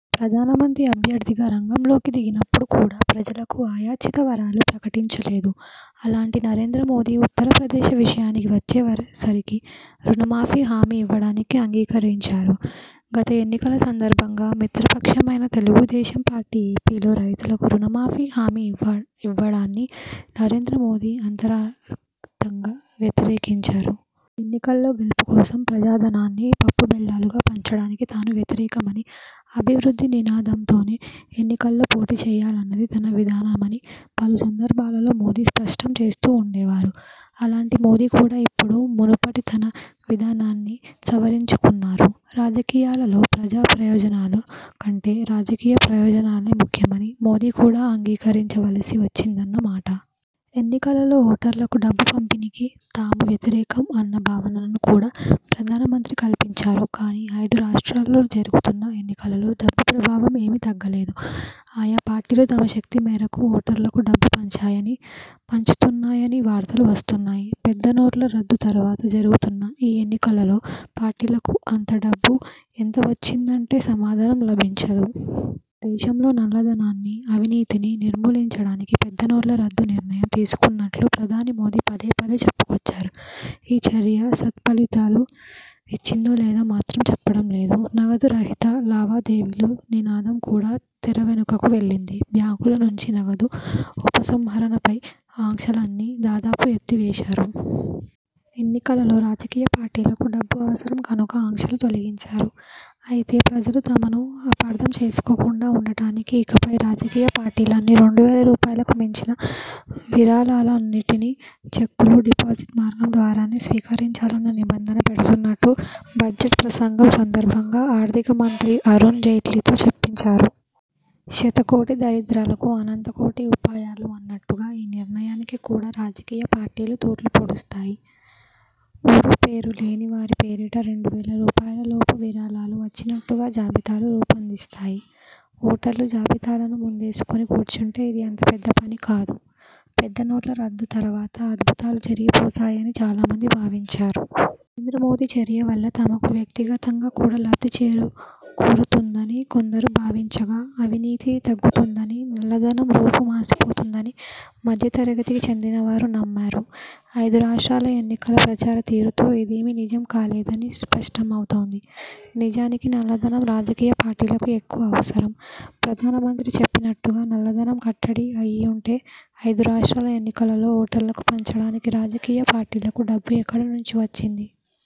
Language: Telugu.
ప్రధానమంత్రి అభ్యర్థిగా రంగంలోకి దిగినప్పుడు కూడా ప్రజలకు అయాచిత వరాలు ప్రకటించలేదు. అలాంటి నరేంద్ర మోదీ ఉత్తరప్రదేశ్ విషయానికి వచ్చేసరికి రుణమాఫీ హామీ ఇవ్వడానికి అంగీకరించారు. గత ఎన్నికల సందర్భంగా మిత్రపక్షమైన తెలుగుదేశం పార్టీ ఏపీలో రైతులకు రుణమాఫీ హామీ ఇవ్వడాన్ని నరేంద్రమోదీ అంతర్గతంగా వ్యతిరేకించారు. ఎన్నికల్లో గెలుపు కోసం ప్రజాధనాన్ని పప్పు బెల్లాలుగా పంచడానికి తాను వ్యతిరేకమనీ, అభివృద్ధి నినాదంతోనే ఎన్నికల్లో పోటీ చేయాలన్నది తన విధానమనీ పలు సందర్భాలలో మోదీ స్పష్టంచేస్తూ ఉండేవారు. అలాంటి మోదీ కూడా ఇప్పుడు మునుపటి తన విధానాన్ని సవరించుకున్నారు. రాజకీయాలలో ప్రజా ప్రయోజనాల కంటే రాజకీయ ప్రయోజనాలే ముఖ్యమని మోదీ కూడా అంగీకరించవలసి వచ్చిందన్న మాట! ఎన్నికలలో ఓటర్లకు డబ్బు పంపిణీకి తాము వ్యతిరేకం అన్న భావనను కూడా ప్రధానమంత్రి కల్పించారు. కానీ, ఐదు రాష్ర్టాలలో జరుగుతున్న ఎన్నికలలో డబ్బు ప్రభావం ఏమీ తగ్గలేదు. ఆయా పార్టీలు తమ శక్తిమేరకు ఓటర్లకు డబ్బు పంచాయనీ, పంచుతున్నాయనీ వార్తలు వస్తున్నాయి. పెద్దనోట్ల రద్దు తర్వాత జరుగుతున్న ఈ ఎన్నికలలో పార్టీలకు అంత డబ్బు ఎంత వచ్చిందంటే సమాధానం లభించదు. దేశంలో నల్లధనాన్ని, అవినీతిని నిర్మూలించడానికి పెద్దనోట్ల రద్దు నిర్ణయం తీసుకున్నట్లు ప్రధాని మోదీ పదేపదే చెప్పుకొచ్చారు. ఈ చర్య సత్ఫలితాలు ఇచ్చిందో లేదో మాత్రం చెప్పడం లేదు. నగదు రహిత లావాదేవీల నినాదం కూడా తెరవెనుకకు వెళ్లింది. బ్యాంకుల నుంచి నగదు ఉపసంహరణపై ఆంక్షలన్నీ దాదాపు ఎత్తివేశారు. ఎన్నికలలో రాజకీయ పార్టీలకు డబ్బు అవసరం కనుక ఆంక్షలు తొలగించారు. అయితే, ప్రజలు తమను అపార్థం చేసుకోకుండా ఉండటానికి ఇకపై రాజకీయ పార్టీలన్నీ రెండువేల రూపాయలకు మించిన విరాళాలన్నింటినీ చెక్కులు, డిపాజిట్ మార్గం ద్వారానే స్వీకరించాలన్న నిబంధన పెడుతున్నట్టు బడ్జెట్ ప్రసంగం సందర్భంగా ఆర్థికమంత్రి అరుణ్ జైట్లీతో చెప్పించారు. శతకోటి దరిద్రాలకు అనంతకోటి ఉపాయాలు అన్నట్టుగా ఈ నిర్ణయానికి కూడా రాజకీయ పార్టీలు తూట్లు పొడుస్తాయి. ఊరూపేరు లేనివారి పేరిట రెండు వేల రూపాయలలోపు విరాళాలు వచ్చినట్టుగా జాబితాలు రూపొందిస్తాయి. ఓటర్ల జాబితాలను ముందేసుకుని కూర్చుంటే ఇది అంత పెద్దపని కాదు. పెద్దనోట్ల రద్దు తర్వాత అద్భుతాలు జరిగిపోతాయని చాలామంది భావించారు. నరేంద్రమోదీ చర్య వల్ల తమకు వ్యక్తిగతంగా కూడా లబ్ధిచేకూరుతుందని కొందరు భావించగా, అవినీతి తగ్గుతుందనీ, నల్లధనం రూపుమాసిపోతుందనీ మధ్య తరగతికి చెందినవారు నమ్మారు. ఐదు రాష్ర్టాల ఎన్నికల ప్రచార తీరుతో ఇదేమీ నిజం కాలేదని స్పష్టమవుతోంది. నిజానికి నల్లధనం రాజకీయ పార్టీలకు ఎక్కువ అవసరం. ప్రధానమంత్రి చెప్పినట్టుగా నల్లధనం కట్టడి అయిఉంటే ఐదు రాష్ర్టాల ఎన్నికలలో ఓటర్లకు పంచడానికి రాజకీయ పార్టీలకు డబ్బు ఎక్కడ నుంచి వచ్చింది?